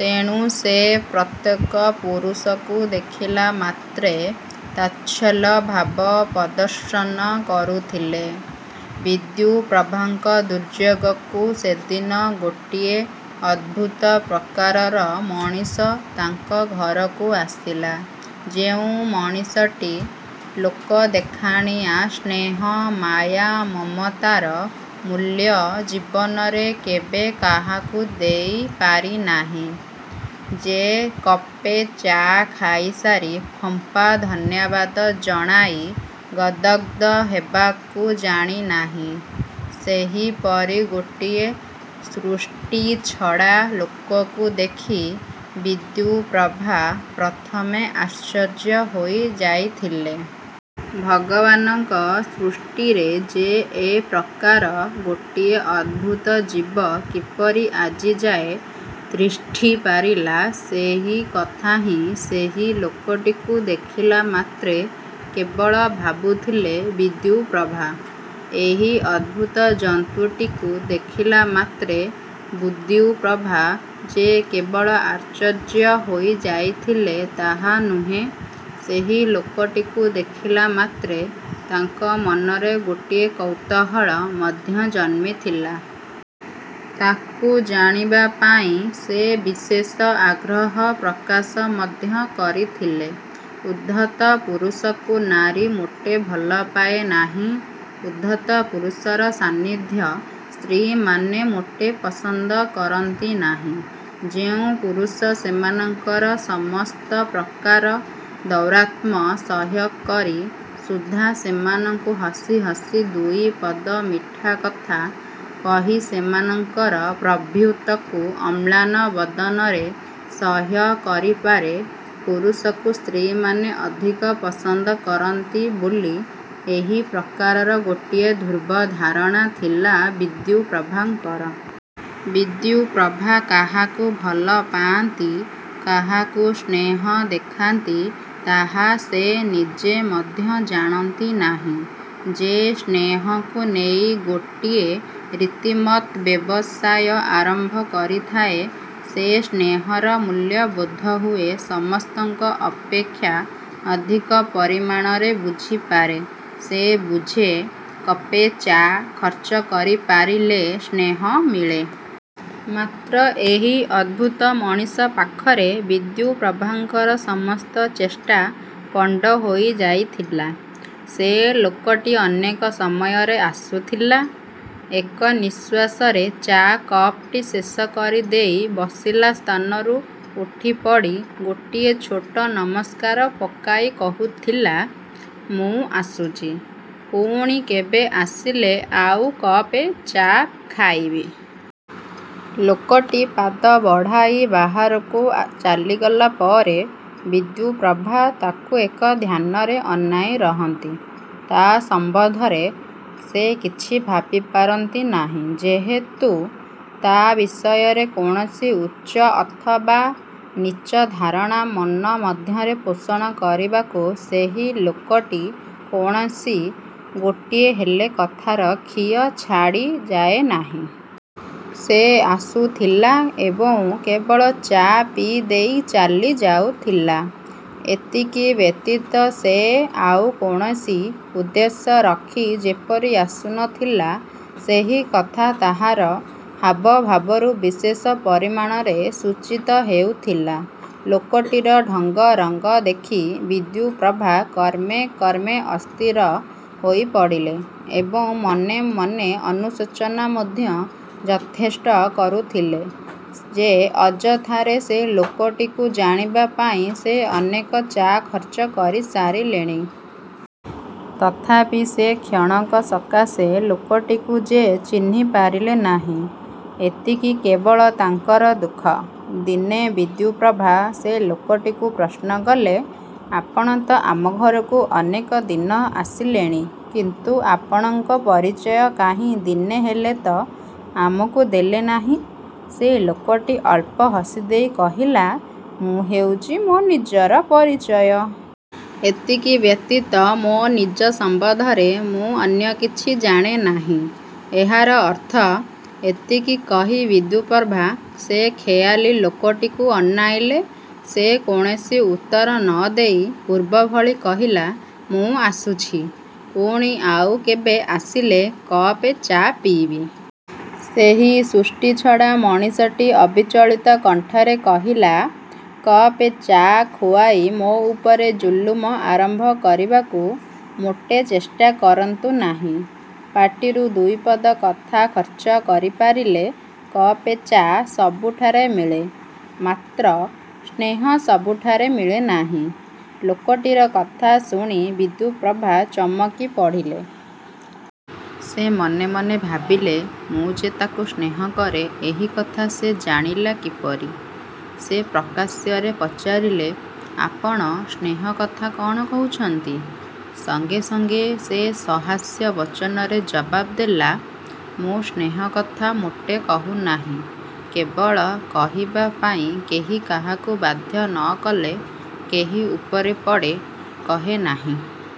ତେଣୁ ସେ ପ୍ରତ୍ୟେକ ପୁରୁଷକୁ ଦେଖିଲାମାତ୍ରେ ତାଚ୍ଛଲ୍ୟଭାବ ପ୍ରଦର୍ଶନ କରୁଥିଲେ। ବିଦ୍ୟୁପ୍ରଭାଙ୍କ ଦୁର୍ଯ୍ୟୋଗକୁ ସେଦିନ ଗୋଟିଏ ଅଦ୍ଭୁତ ପ୍ରକାରର ମଣିଷ ତାଙ୍କ ଘରକୁ ଆସିଲା। ଯେଉଁ ମଣିଷଟି ଲୋକଦେଖାଣିଆ ସ୍ନେହ, ମାୟା, ମମତାର ମୂଲ୍ୟ ଜୀବନରେ କେବେ କାହାକୁ ଦେଇ ପାରିନାହିଁ, ଯେ କପେ ଚା' ଖାଇସାରି ଫମ୍ପା ଧନ୍ୟବାଦ ଜଣାଇ ଗଦ୍ଗଦ୍ ହେବାକୁ ଜାଣିନାହିଁ ସେହିପରି ଗୋଟିଏ ସୃଷ୍ଟିଛଡ଼ା ଲୋକକୁ ଦେଖି ବିଦ୍ୟୁପ୍ରଭା ପ୍ରଥମେ ଆଶ୍ଚର୍ଯ୍ୟ ହୋଇଯାଇଥିଲେ। ଭଗବାନଙ୍କ ସୃଷ୍ଟିରେ ଯେ ଏପ୍ରକାର ଗୋଟିଏ ଅଦ୍ଭୁତଜୀବ କିପରି ଆଜିଯାଏ ତିଷ୍ଠିପାରିଲା ସେହି କଥା ହିଁ ସେହି ଲୋକଟିକୁ ଦେଖିଲାମାତ୍ରେ କେବଳ ଭାବୁଥିଲେ ବିଦ୍ୟୁପ୍ରଭା। ଏହି ଅଦ୍ଭୁତ ଜନ୍ତୁଟିକୁ ଦେଖିଲା ମାତ୍ରେ ବୁଦ୍ୟୁପ୍ରଭା ଯେ କେବଳ ଆଶ୍ଚର୍ଯ୍ୟ ହୋଇଯାଇଥିଲେ ତାହା ନୁହେଁ। ସେହି ଲୋକଟିକୁ ଦେଖିଲାମାତ୍ରେ ତାଙ୍କ ମନରେ ଗୋଟିଏ କୌତୂହଳ ମଧ୍ୟ ଜନ୍ମିଥିଲା। ତାକୁ ଜାଣିବା ପାଇଁ ସେ ବିଶେଷ ଆଗ୍ରହ ପ୍ରକାଶ ମଧ୍ୟ କରିଥିଲେ। ଉଦ୍ଧତ ପୁରୁଷକୁ ନାରୀ ମୋଟେ ଭଲପାଏ ନାହିଁ। ଉଦ୍ଧତ ପୁରୁଷର ସାନ୍ନିଧ୍ୟ ସ୍ତ୍ରୀମାନେ ମୋଟେ ପସନ୍ଦ କରନ୍ତି ନାହିଁ। ଯେଉଁ ପୁରୁଷ ସେମାନଙ୍କର ସମସ୍ତ ପ୍ରକାର ଦୌରାତ୍ମ୍ୟ ସହ୍ୟକରି ସୁଦ୍ଧା ସେମାନଙ୍କୁ ହସି ହସି ଦୁଇପଦ ମିଠାକଥା କହି ସେମାନଙ୍କର ପ୍ରଭୃତ୍ୱକୁ ଅମ୍ଳାନ ବଦନରେ ସହ୍ୟ କରିପାରେ ପୁରୁଷକୁ ସ୍ତ୍ରୀମାନେ ଅଧିକ ପସନ୍ଦ କରନ୍ତି ବୋଲି ଏହି ପ୍ରକାରର ଗୋଟିଏ ଧ୍ରୁବ ଧାରଣା ଥିଲା ବିଦ୍ୟୁପ୍ରଭାଙ୍କର। ବିଦ୍ୟୁପ୍ରଭା କାହାକୁ ଭଲ ପାଆନ୍ତି, କାହାକୁ ସ୍ନେହ ଦେଖାନ୍ତି ତାହା ସେ ନିଜେ ମଧ୍ୟ ଜାଣନ୍ତି ନାହିଁ। ଯେ ସ୍ନେହକୁ ନେଇ ଗୋଟିଏ ରିତିମତ୍ ବ୍ୟବସାୟ ଆରମ୍ଭ କରିଥାଏ ସେ ସ୍ନେହର ମୂଲ୍ୟ ବୋଧହୁଏ ସମସ୍ତଙ୍କ ଅପେକ୍ଷା ଅଧିକ ପରିମାଣରେ ବୁଝିପାରେ। ସେ ବୁଝେ କପେ ଚା' ଖର୍ଚ୍ଚ କରିପାରିଲେ ସ୍ନେହ ମିଳେ। ମାତ୍ର ଏହି ଅଦ୍ଭୁତ ମଣିଷ ପାଖରେ ବିଦ୍ୟୁପ୍ରଭାଙ୍କର ସମସ୍ତ ଚେଷ୍ଟା ପଣ୍ଡ ହୋଇଯାଇଥିଲା। ସେ ଲୋକଟି ଅନେକ ସମୟରେ ଆସୁଥିଲା। ଏକ ନିଶ୍ୱାସରେ ଚା' କପଟି ଶେଷ କରିଦେଇ ବସିଲା ସ୍ଥାନରୁ ଉଠିପଡ଼ି ଗୋଟିଏ ଛୋଟ ନମସ୍କାର ପକାଇ କହୁଥିଲା, ''ମୁଁ ଆସୁଛି। ପୁଣି କେବେ ଆସିଲେ ଆଉ କପେ ଚା' ଖାଇବି। '' ଲୋକଟି ପାଦ ବଢ଼ାଇ ବାହାରକୁ ଚାଲିଗଲା ପରେ ବିଦ୍ୟୁପ୍ରଭା ତାକୁ ଏକ ଧ୍ୟାନରେ ଅନାଇରହନ୍ତି। ତା' ସମ୍ବନ୍ଧରେ ସେ କିଛି ଭାବିପାରନ୍ତି ନାହିଁ, ଯେହେତୁ ତା' ବିଷୟରେ କୌଣସି ଉଚ୍ଚ ଅଥବା ନୀଚ ଧାରଣା ମନ ମଧ୍ୟରେ ପୋଷଣ କରିବାକୁ ସେହି ଲୋକଟି କୌଣସି ଗୋଟିଏହେଲେ କଥାର ଖିଅ ଛାଡ଼ି ଯାଏନାହିଁ। ସେ ଆସୁଥିଲା ଏବଂ କେବଳ ଚା' ପିଇ ଦେଇ ଚାଲି ଯାଉଥିଲା। ଏତିକି ବ୍ୟତୀତ ସେ ଆଉ କୌଣସି ଉଦ୍ଦେଶ୍ୟ ରଖି ଯେପରି ଆସୁନଥିଲା ସେହିକଥା ତାହାର। ହାବଭାବରୁ ବିଶେଷ ପରିମାଣରେ ସୂଚିତ ହେଉଥିଲା। ଲୋକଟିର ଢଙ୍ଗ ରଙ୍ଗ ଦେଖି ବିଦ୍ୟୁପ୍ରଭା କ୍ରମେ କ୍ରମେ ଅସ୍ଥିର ହୋଇ ପଡ଼ିଲେ ଏବଂ ମନେମନେ ଅନୁଶୋଚନା ମଧ୍ୟ ଯଥେଷ୍ଟ କରୁଥିଲେ ଯେ ଅଯଥାରେ ସେ ଲୋକଟିକୁ ଜାଣିବା ପାଇଁ ସେ ଅନେକ ଚା' ଖର୍ଚ୍ଚ କରି ସାରିଲେଣି। ତଥାପି ସେ କ୍ଷଣକ ସକାଶେ ଲୋକଟିକୁ ଯେ ଚିହ୍ନି ପାରିଲେ ନାହିଁ। ଏତିକି କେବଳ ତାଙ୍କର ଦୁଃଖ। ଦିନେ ବିଦ୍ୟୁପ୍ରଭା ସେ ଲୋକଟିକୁ ପ୍ରଶ୍ନକଲେ, ''ଆପଣତ ଆମ ଘରକୁ ଅନେକଦିନ ଆସିଲେଣି କିନ୍ତୁ ଆପଣଙ୍କ ପରିଚୟ କାହିଁ ଦିନେ ହେଲେତ ଆମକୁ ଦେଲେନାହିଁ? '' ସେ ଲୋକଟି ଅଳ୍ପ ହସିଦେଇ କହିଲା, ''ମୁଁ ହେଉଛି ମୋ ନିଜର ପରିଚୟ। ଏତିକି ବ୍ୟତୀତ ମୋ ନିଜ ସମ୍ବନ୍ଧରେ ମୁଁ ଅନ୍ୟକିଛି ଜାଣେ ନାହିଁ। '' 'ଏହାର ଅର୍ଥ? ' ଏତିକି କହି ବିଦ୍ୟୁପ୍ରଭା ସେ ଖେୟାଲୀ ଲୋକଟିକୁ ଅନାଇଲେ। ସେ କୌଣସି ଉତ୍ତର ନ ଦେଇ ପୂର୍ବଭଳି କହିଲା, ''ମୁଁ ଆସୁଛି। ପୁଣି ଆଉ କେବେ ଆସିଲେ କପେ ଚା' ପିଇବି। '' ସେହି ସୃଷ୍ଟିଛଡ଼ା ମଣିଷଟି ଅବିଚଳିତ କଣ୍ଠରେ କହିଲା, ''କପେ ଚା' ଖୁଆଇ ମୋ ଉପରେ ଜୁଲୁମ ଆରମ୍ଭ କରିବାକୁ ମୋଟେ ଚେଷ୍ଟାକରନ୍ତୁ ନାହିଁ। ପାଟିରୁ ଦୁଇପଦ କଥା ଖର୍ଚ୍ଚ କରିପାରିଲେ କପେ ଚା' ସବୁଠାରେ ମିଳେ; ମାତ୍ର ସ୍ନେହ ସବୁଠାରେ ମିଳେନାହିଁ। '' ଲୋକଟିର କଥା ଶୁଣି ବିଦ୍ୟୁପ୍ରଭା ଚମକି ପଡ଼ିଲେ। ସେ ମନେମନେ ଭାବିଲେ ମୁଁ ଯେ ତାକୁ ସ୍ନେହକରେ ଏହି କଥା ସେ ଜାଣିଲା କିପରି? ସେ ପ୍ରକାଶ୍ୟରେ ପଚାରିଲେ, ''ଆପଣ ସ୍ନେହ କଥା କ'ଣ କହୁଛନ୍ତି? '' ସଙ୍ଗେ ସଙ୍ଗେ ସେ ସହାସ୍ୟ ବଚନରେ ଜବାବ୍ ଦେଲା, ''ମୁଁ ସ୍ନେହକଥା ମୋଟେ କହୁନାହିଁ। କେବଳ କହିବା ପାଇଁ କେହି କାହାକୁ ବାଧ୍ୟ ନ କଲେ କେହି ଉପରେ ପଡ଼ି କହେ ନାହିଁ-।